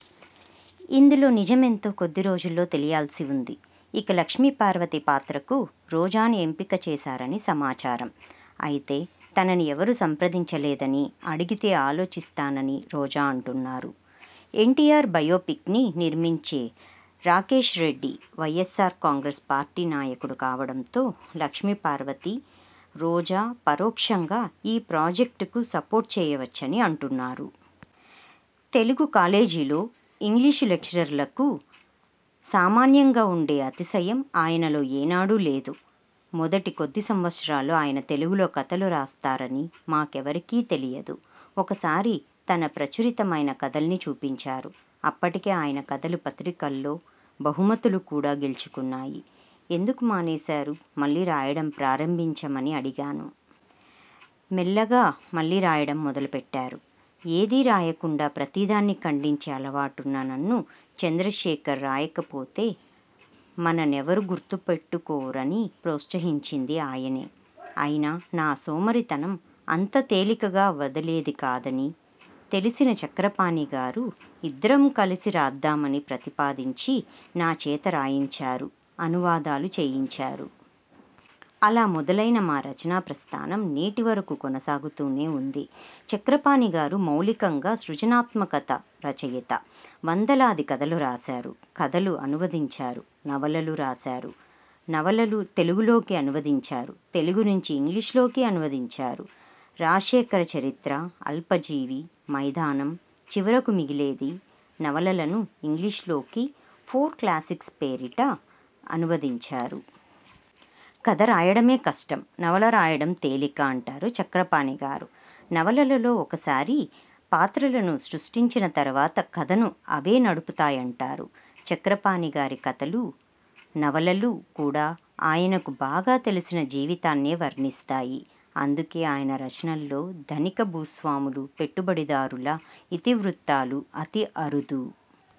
ఇందులో నిజమెంతో కొద్ది రోజుల్లో తెలియాల్సి ఉంది. ఇక లక్ష్మీపార్వతి పాత్రకు రోజాని ఎంపిక చేశారని సమాచారం. అయితే తనని ఎవరూ సంప్రదించలేదని, అడిగితే ఆలోచిస్తానని రోజా అంటున్నారు. ఎన్టీఆర్ బయోపిక్ని నిర్మించే రాకేశ్రెడ్డి వైఎస్సార్ కాంగ్రెస్ పార్టీ నాయకుడు కావడంతో లక్ష్మీపార్వతి, రోజా పరోక్షంగా ఈ ప్రాజెక్ట్కు సపోర్ట్ చేయవచ్చని అంటున్నారు. తెలుగు కాలేజీలో ఇంగ్లీషు లెక్చరర్లకు సామాన్యంగా ఉండే అతిశయం ఆయనలో ఏనాడూ లేదు. మొదటి కొద్ది సంవత్సరాల్లో ఆయన తెలుగులో కథలు రాస్తారని మాకెవరికీ తెలియదు. ఒకసారి తన ప్రచురితమైన కథల్ని చూపించారు. అప్పటికే ఆయన కథలు పత్రికల్లో బహుమతులు కూడా గెలుచుకున్నాయి. ఎందుకు మానేశారు, మళ్లీ రాయడం ప్రారంభించమని అడిగాను. మెల్లగా మళ్లీ రాయడం మొదలుపెట్టారు. ఏదీ రాయకుండా ప్రతిదాన్నీ ఖండించే అలవాటున్న నన్ను 'చంద్రశేఖర్! రాయకపోతే మననెవరూ గుర్తుపెటుకోర'ని ప్రోత్సహించింది ఆయనే. అయినా నా సోమరితనం అంత తేలికగా వదిలేది కాదని తెలిసిన చక్రపాణి గారు ఇద్దరం కలిసి రాద్దామని ప్రతిపాదించి నా చేత రాయించారు, అనువాదాలు చేయించారు. అలా మొదలైన మా రచనా ప్రస్థానం నేటివరకూ కొనసాగుతూనే ఉంది. చక్రపాణి గారు మౌలికంగా సృజనాత్మక రచయిత. వందలాది కథలు రాశారు, కథలు అనువదించారు. నవలలు రాశారు, నవలలు తెలుగులోకి అనువదించారు. తెలుగు నుంచి ఇంగ్లీషులోకీ అనువదించారు. 'రాజశేఖర చరిత్ర', 'అల్పజీవి', 'మైదానం', 'చివరకు మిగిలేది' నవలలను ఇంగ్లీషులోకి ఫోర్ క్లాసిక్స్ పేరిట అనువదించారు. కథ రాయడమే కష్టం, నవల రాయడం తేలిక అంటారు చక్రపాణి గారు. నవలలో ఒకసారి పాత్రలను సృష్టించిన తర్వాత కథను అవే నడుపుతాయంటారు. చక్రపాణి గారి కథలూ, నవలలూ కూడా ఆయనకు బాగా తెలిసిన జీవితాన్నే వర్ణిస్తాయి. అందుకే ఆయన రచనల్లో ధనిక భూస్వాములూ, పెట్టుబడిదారుల ఇతివృత్తాలు అతి అరుదు.